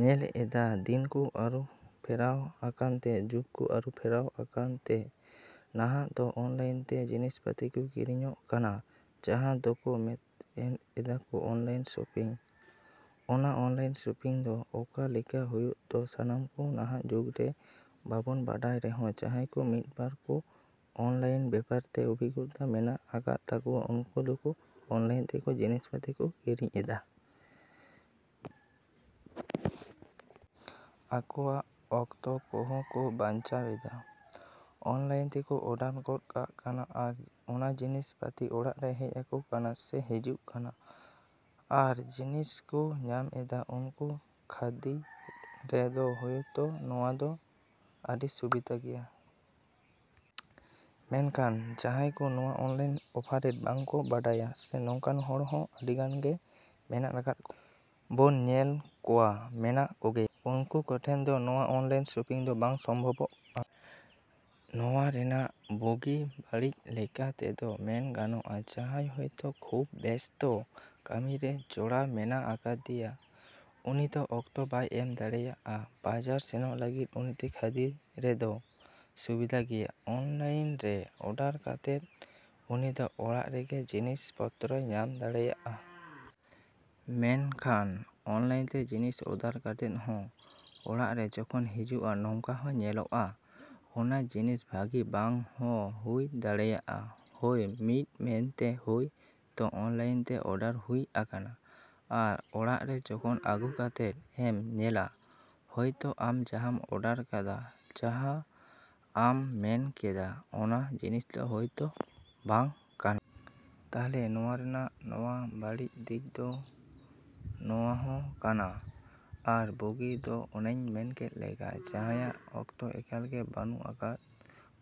‎ᱧᱮᱞ ᱮᱫᱟ ᱫᱤᱱ ᱠᱚ ᱟᱹᱨᱩ ᱯᱷᱮᱨᱟᱣ ᱟᱠᱟᱱ ᱛᱮ ᱡᱩᱜᱽ ᱠᱚ ᱟᱹᱨᱩ ᱯᱷᱮᱨᱟᱣ ᱟᱠᱟᱱ ᱛᱮ ᱱᱟᱦᱟᱜ ᱫᱚ ᱚᱱᱞᱟᱭᱤᱱ ᱛᱮ ᱡᱤᱱᱤᱥ ᱯᱟᱛᱤ ᱠᱚ ᱠᱤᱨᱤᱧᱚᱜ ᱠᱟᱱᱟ ᱡᱟᱦᱟᱸ ᱫᱚᱠᱚ ᱢᱮᱱ ᱮᱫᱟᱠᱚ ᱚᱱᱞᱟᱭᱤᱱ ᱥᱚᱯᱤᱝ᱾ ᱟᱫᱚ ᱚᱱᱞᱟᱭᱤᱱ ᱥᱚᱯᱤᱝ ᱫᱚ ᱚᱠᱟ ᱞᱮᱠᱟ ᱦᱳᱭ ᱛᱚ ᱥᱟᱱᱟᱢ ᱠᱚ ᱱᱟᱦᱟᱜ ᱡᱩᱜᱽ ᱨᱮ ᱵᱟᱵᱚᱱ ᱵᱟᱰᱟᱭ ᱨᱮᱦᱚᱸ ᱡᱟᱦᱟᱸᱭ ᱠᱚ ᱢᱤᱫ ᱵᱟᱨ ᱠᱚ ᱚᱱᱞᱟᱭᱤᱱ ᱵᱮᱯᱟᱨ ᱛᱮ ᱚᱵᱷᱤᱜᱽᱜᱚᱛᱟ ᱢᱮᱱᱟᱜ ᱟᱠᱟᱫ ᱛᱟᱠᱚᱣᱟ ᱩᱱᱠᱩ ᱫᱚᱠᱚ ᱚᱱᱞᱟᱭᱤᱱ ᱛᱮ ᱠᱚ ᱡᱤᱱᱤᱥ ᱯᱟᱛᱤ ᱠᱚ ᱠᱤᱨᱤᱧ ᱮᱫᱟ᱾ ᱟᱠᱚᱣᱟᱜ ᱚᱠᱛᱚ ᱠᱚᱦᱚᱸ ᱠᱚ ᱵᱟᱸᱧᱪᱟᱣ ᱮᱫᱟ᱾ ᱚᱱᱞᱟᱭᱤᱱ ᱛᱮᱠᱚ ᱚᱰᱟᱨ ᱜᱚᱫ ᱠᱟᱜ ᱠᱟᱱᱟ ᱟᱨ ᱚᱱᱟ ᱡᱤᱱᱤᱥ ᱯᱟᱛᱤ ᱚᱲᱟᱜ ᱨᱮ ᱦᱮᱡ ᱟᱠᱚ ᱠᱟᱱᱟ ᱥᱮ ᱦᱤᱡᱩᱜ ᱠᱟᱱᱟ᱾ ᱟᱨ ᱡᱤᱱᱤᱥ ᱠᱚ ᱧᱟᱢ ᱮᱫᱟ ᱩᱱᱠᱩ ᱠᱷᱟᱹᱫᱽ ᱨᱮ ᱫᱚ ᱦᱳᱭᱛᱚ ᱱᱚᱣᱟ ᱫᱚ ᱟᱹᱰᱤ ᱥᱩᱵᱤᱫᱷᱟ ᱜᱮᱭᱟ᱾ ᱢᱮᱱᱠᱷᱟᱱ ᱡᱟᱦᱟᱸᱭ ᱠᱚ ᱱᱚᱣᱟ ᱚᱱᱞᱟᱭᱤᱱ ᱚᱯᱟᱨᱮᱴ ᱵᱟᱝ ᱠᱚ ᱵᱟᱰᱟᱭᱟ ᱥᱮ ᱱᱚᱝᱠᱟᱱ ᱦᱚᱲ ᱦᱚᱸ ᱟᱹᱰᱤ ᱜᱟᱱ ᱜᱮ ᱢᱮᱱᱟᱜ ᱟᱠᱟᱫ ᱠᱚᱣᱟ᱾ ᱵᱚᱱ ᱧᱮᱞ ᱠᱚᱣᱟ ᱢᱮᱱᱟᱜ ᱠᱚᱜᱮᱭᱟ ᱩᱱᱠᱩ ᱠᱚᱴᱷᱮᱱ ᱫᱚ ᱱᱚᱣᱟ ᱚᱱᱞᱟᱭᱤᱱ ᱥᱚᱯᱤᱝ ᱫᱚ ᱵᱟᱝ ᱥᱚᱢᱵᱷᱚᱵᱚᱜᱼᱟ᱾ ᱱᱚᱣᱟ ᱨᱮᱱᱟᱜ ᱵᱩᱜᱤ ᱵᱟᱹᱲᱤᱡ ᱞᱮᱠᱟ ᱛᱮᱫᱚ ᱢᱮᱱ ᱜᱟᱱᱚᱜᱼᱟ ᱡᱟᱦᱟᱸᱭ ᱦᱳᱭᱛᱚ ᱠᱷᱩᱵ ᱵᱮᱥᱛᱚ ᱠᱟᱹᱢᱤ ᱨᱮ ᱡᱚᱲᱟᱣ ᱢᱮᱱᱟᱜ ᱟᱠᱟᱫᱮᱭᱟ ᱩᱱᱤ ᱫᱚ ᱚᱠᱛᱚ ᱵᱟᱭ ᱮᱢ ᱫᱟᱲᱮᱭᱟᱜᱼᱟ ᱵᱟᱡᱟᱨ ᱥᱮᱱᱚᱜ ᱞᱟᱹᱜᱤᱫ ᱩᱱᱤ ᱠᱷᱟᱹᱫᱽ ᱨᱮᱫᱚ ᱥᱩᱵᱤᱫᱷᱟ ᱜᱮᱭᱟ᱾ ᱚᱱᱞᱟᱭᱤᱱ ᱨᱮ ᱚᱰᱟᱨ ᱠᱟᱛᱮᱫ ᱩᱱᱤ ᱫᱚ ᱚᱲᱟᱜ ᱨᱮᱜᱮ ᱡᱤᱱᱤᱥ ᱯᱚᱛᱨᱚᱭ ᱧᱟᱢ ᱫᱟᱲᱮᱭᱟᱜᱼᱟᱭ᱾ ᱢᱮᱱ ᱠᱷᱟᱱ ᱚᱱᱞᱟᱭᱤᱱ ᱛᱮ ᱡᱤᱱᱤᱥ ᱚᱰᱟᱨ ᱠᱟᱛᱮᱫ ᱦᱚᱸ ᱚᱲᱟᱜ ᱨᱮ ᱡᱚᱠᱷᱚᱱ ᱦᱤᱡᱩᱜᱼᱟ ᱱᱚᱝᱠᱟ ᱦᱚᱸ ᱧᱮᱞᱚᱜᱚᱜᱼᱟ ᱚᱱᱟ ᱡᱤᱱᱤᱥ ᱵᱷᱟᱹᱜᱤ ᱵᱟᱝ ᱦᱚᱸ ᱦᱩᱭ ᱫᱟᱲᱮᱭᱟᱜᱼᱟ ᱦᱳᱭ ᱢᱤᱫ ᱢᱮᱱ ᱛᱮ ᱦᱳᱭ ᱛᱚ ᱚᱱᱞᱟᱭᱤᱱ ᱛᱮ ᱚᱰᱟᱨ ᱦᱩᱭ ᱟᱠᱟᱱᱟ ᱟᱨ ᱚᱲᱟᱜ ᱨᱮ ᱡᱚᱠᱷᱚᱱ ᱟᱜᱩ ᱠᱟᱛᱮᱫ ᱮᱢ ᱧᱮᱞᱟ ᱦᱳᱭ ᱛᱚ ᱟᱢ ᱡᱟᱦᱟᱸᱢ ᱚᱰᱟᱨ ᱠᱟᱫᱟ ᱡᱟᱦᱟᱸ ᱟᱢ ᱢᱮᱱ ᱠᱟᱫᱟ ᱚᱱᱟ ᱡᱤᱱᱤᱥ ᱫᱚ ᱦᱳᱭ ᱛᱚ ᱵᱟᱝ ᱠᱟᱱᱟ᱾ ᱛᱟᱞᱦᱮ ᱱᱚᱣᱟ ᱨᱮᱱᱟᱜ ᱱᱚᱣᱟ ᱵᱟᱹᱲᱤᱡ ᱫᱤᱠ ᱫᱚ ᱱᱚᱣᱟ ᱦᱚᱸ ᱠᱟᱱᱟ᱾ ᱟᱨ ᱵᱩᱜᱤ ᱫᱚ ᱚᱱᱮᱧ ᱢᱮᱱ ᱠᱮᱫ ᱞᱮᱠᱟ᱾ ᱡᱟᱦᱟᱸᱭᱟᱜ ᱚᱠᱛᱚ ᱮᱠᱟᱞ ᱜᱮ ᱵᱟᱹᱱᱩᱜ ᱟᱠᱟᱫᱟ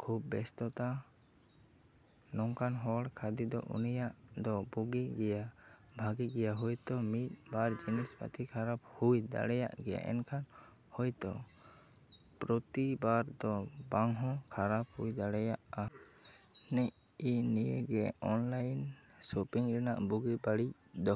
ᱠᱷᱩᱵ ᱵᱮᱥᱛᱚ ᱛᱟ ᱱᱚᱝᱠᱟᱱ ᱦᱚᱲ ᱠᱷᱟᱹᱫᱽ ᱨᱮ ᱩᱱᱤᱭᱟᱜ ᱫᱚ ᱵᱩᱜᱤᱜ ᱜᱮᱭᱟ ᱵᱷᱟᱹᱜᱤ ᱜᱮᱭᱟ ᱦᱳᱭ ᱛᱚ ᱢᱤᱫ ᱵᱟᱨ ᱡᱤᱱᱤᱥ ᱯᱟᱛᱤ ᱠᱷᱟᱨᱟᱯ ᱦᱩᱭ ᱫᱟᱲᱮᱭᱟᱜ ᱜᱮᱭᱟ ᱮᱱᱠᱷᱟᱱ ᱦᱳᱭᱛᱚ ᱯᱨᱚᱛᱤᱵᱟᱨ ᱫᱚ ᱵᱟᱝ ᱦᱚᱸ ᱠᱷᱟᱨᱟᱯ ᱦᱩᱭ ᱫᱟᱲᱮᱭᱟᱜᱼᱟ᱾ ᱱᱤᱜ ᱤ ᱱᱤᱭᱟᱹ ᱜᱮ ᱱᱚᱣᱟ ᱚᱱᱞᱟᱭᱤᱱ ᱥᱚᱯᱤᱝ ᱨᱮᱱᱟᱜ ᱵᱩᱜᱤ ᱵᱟᱹᱲᱤᱡ ᱫᱚ᱾।